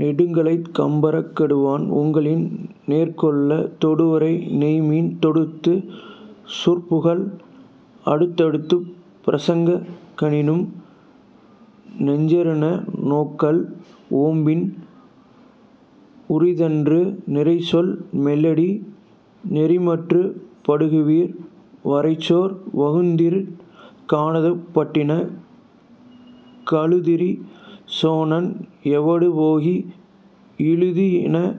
நெடுங்கழைக் கொம்பர்க் கடுவன் உகளினும் நேர்கொள் நெடுவரை நேமியின் தொடுத்த சூர்புகல் அடுக்கத்துப் பிரசங் காணினும் ஞெரேரென நோக்கல் ஓம்புமின் உரித்தன்று நிரைசெலல் மெல்லடி நெறிமாறு படுகுவிர் வரைசேர் வகுந்திற் கானத்துப் படினே கழுதிற் சேணோன் ஏவொடு போகி இழுதி னன்ன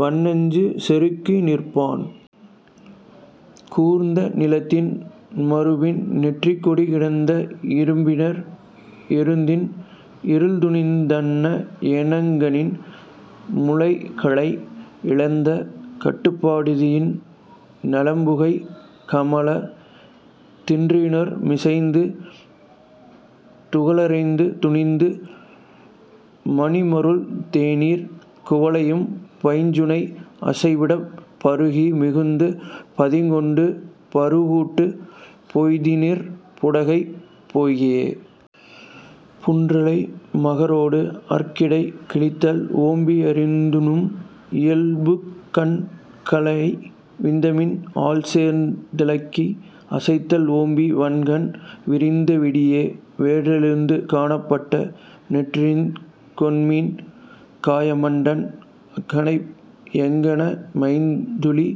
வானிணஞ் செருக்கி நிறப்புண் கூர்ந்த நிலந்தின் மருப்பின் நெறிக்கெடக் கிடந்த இரும்பிணர் எருத்தின் இருள்துணிந் தன்ன ஏனங் காணின் முளிகழை இழைந்த காடுபடு தீயின் நளிபுகை கமழா திறாயினிர் மிசைந்து துகளறத் துணிந்த மணிமருள் தெண்ணீர் குவளையம் பைஞ்சுனை அசைவிடப் பருகி மிகுத்துப் பதங்கொண்ட பரூஉக்கட் பொதியினிர் புட்கை போகிய புன்றலை மகாரோடு அற்கிடை கழிதல் ஓம்பி ஆற்றநும் இல்புக் கன்ன கல்லளை வதிமின் அல்சேர்ந் தல்கி அசைதல் ஓம்பி வான்கண் விரிந்த விடிய லேற்றெழுந்து கானகப் பட்ட செந்நெறிக் கொண்மின் கயம்கண் டன்ன அகன்பை யங்கண் மைந்துமலி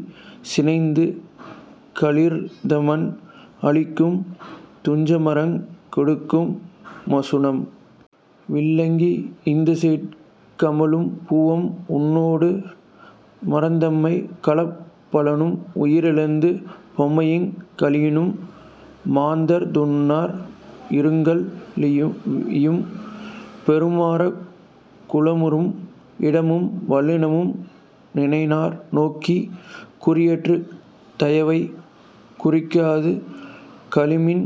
சினத்த களிறுமதன் அழிக்கும் துஞ்சுமரங் கடுக்கும் மாசுணம் விலங்கி இகந்துசேட் கமழும் பூவும் உண்டோ ர் மறந்தமை கல்லாப் பழனும் ஊழிறந்து பெரும்பயங் கழியினும் மாந்தர் துன்னார் இருங்கால் வீயும் பெருமரக் குழாமும் இடனும் வலனும் நினையினர் நோக்கிக் குறியறிக் தவையவை குறுகாது கழிமின்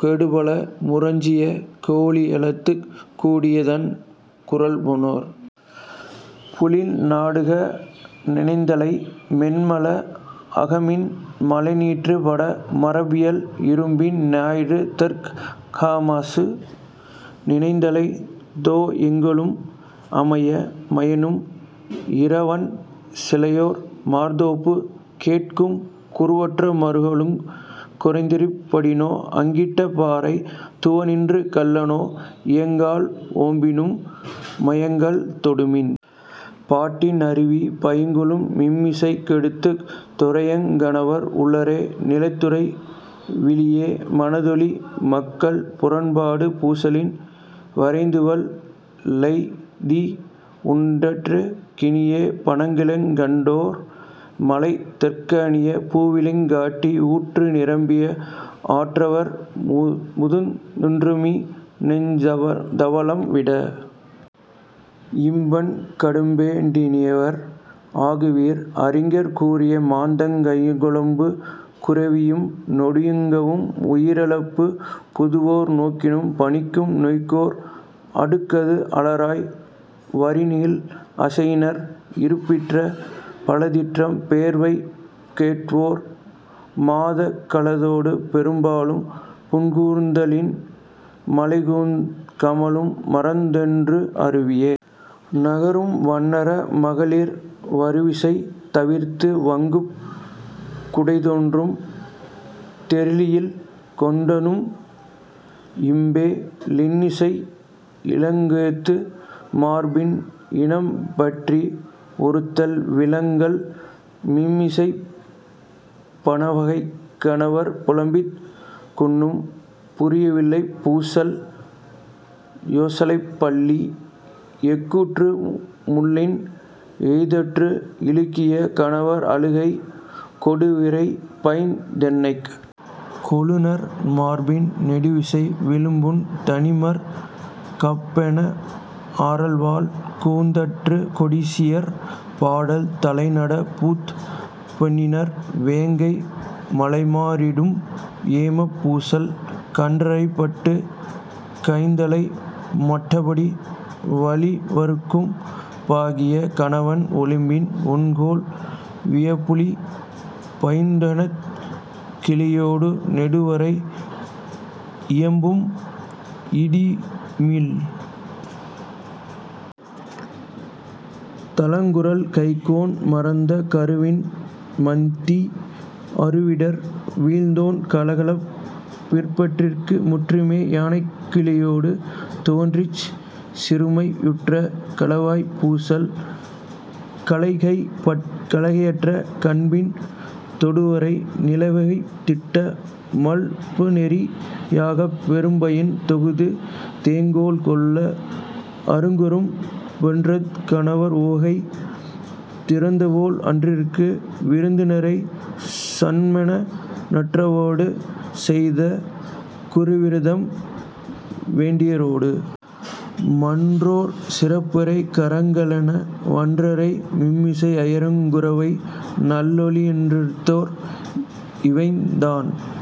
கோடுபல முரஞ்சிய கோளி யாலத்துக் கூடியத் தன்ன குரல்புணர் புள்ளின் நாடுகா ணனந்தலை மென்மெல அகன்மின் மாநிழற் பட்ட மரம்பயில் இறும்பின் ஞாயிறு தெறாஅ மாசு நனந்தலைத் தேஎ மருளும் அமைய மாயினும் இறாஅவன் சிலையர் மாதேர்பு கொட்கும் குறவரு மருளுங் குன்றத்துப் படினே அகன்கட் பாறை துவன்றிக் கல்லென இயங்கல் ஓம்பிநும் மியங்கள் தொடுமின் பாடின் அருவிப் பயங்கெழு மீமிசைக் காடுகாத் துறையுங் கானவர் உளரே நிலைத்துறை வழீஇய மதனழி மாக்கள் புனற்படு பூசலின் விரைந்துவல் லெய்தி உண்டற் கினிய பழனுங் கண்டோ ர் மலைதற் கினிய பூவுங் காட்டி ஊறு நிரம்பிய ஆறவர் முந்துற நும்மி னெஞ்சத் தவலம் வீட இம்மென் கடும்போ டினியிர் ஆகுவிர் அறிஞர் கூறிய மாதிரங் கைக்கொள்பு குறியவும் நெடியவும் ஊழிழிபு புதுவோர் நோக்கினும் பனிக்கும் நோய்கூர் அடுக்கத்து அலர்தாய வரிநிழல் அசையினிர் இருப்பிற் பலதிறம் பெயர்பவை கேட்குவிர் மாதோ கலைதொடு பெரும்பழம் புண்கூர்ந் தூறலின் மலைமுழுதுங் கமழு மாதிரந் தோறும் அருவிய நுகரும் வானர மகளிர் வருவிசை தவிராது வாங்குபு குடைதொறும் தெரியிமிழ் கொண்டநும் இயம்போ லின்னிசை இலங்கேந்து மருப்பின் இனம்பிரி ஒருத்தல் விலங்கல் மீமிசைப் பணவைக் கானவர் புலம்புக் குண்ணும் புரிவளைப் பூசல் சேயளைப் பள்ளி எஃகுறு முள்ளின் எய்தெற இழுக்கிய கானவர் அழுகை கொடுவரி பாய்ந்தெனக் கொழுநர் மார்பின் நெடுவசி விழுப்புண் தணிமார் காப்பென அறல்வாழ் கூந்தற் கொடிச்சியர் பாடல் தலைநாட் பூத்த பொன்னிணர் வேங்கை மலைமா ரிடூஉம் ஏமப் பூசல் கன்றரைப் பட்ட கயந்தலை மடப்பிடி வலிக்குவரம் பாகிய கணவன் ஓம்பலின் ஒண்கேழ் வயப்புலி பாய்ந்தெனக் கிளையொடு நெடுவரை இயம்பும் இடியுமிழ் தழங்குகுரல் கைக்கோண் மறந்த கருவிரன் மந்தி அருவிடர் வீழ்ந்ததன் கல்லாப் பார்ப்பிற்கு முறிமே யாக்கைக் கிளையொடு துவன்றிச் சிறுமை யுற்ற களையாப் பூசல் கலைகை யற்ற காண்பின் நெடுவரை நிலைபெய் திட்ட மால்புநெறி யாகப் பெரும்பயன் தொகுத்த தேங்கொள் கொள்ளை அருங்குறும் பெறிந்த கானவர் உவகை திருந்துவேல் அண்ணற்கு விருந்திறை சான்மென நறவுநாட் செய்த குறவர்தம் பெண்டிரொடு... மான்றோற் சிறுபறை கறங்கக் கல்லென வான்றோய் மீமிசை அயருங் குரவை நல்லெழி னெடுந்தேர் இயவுவந் தன்ன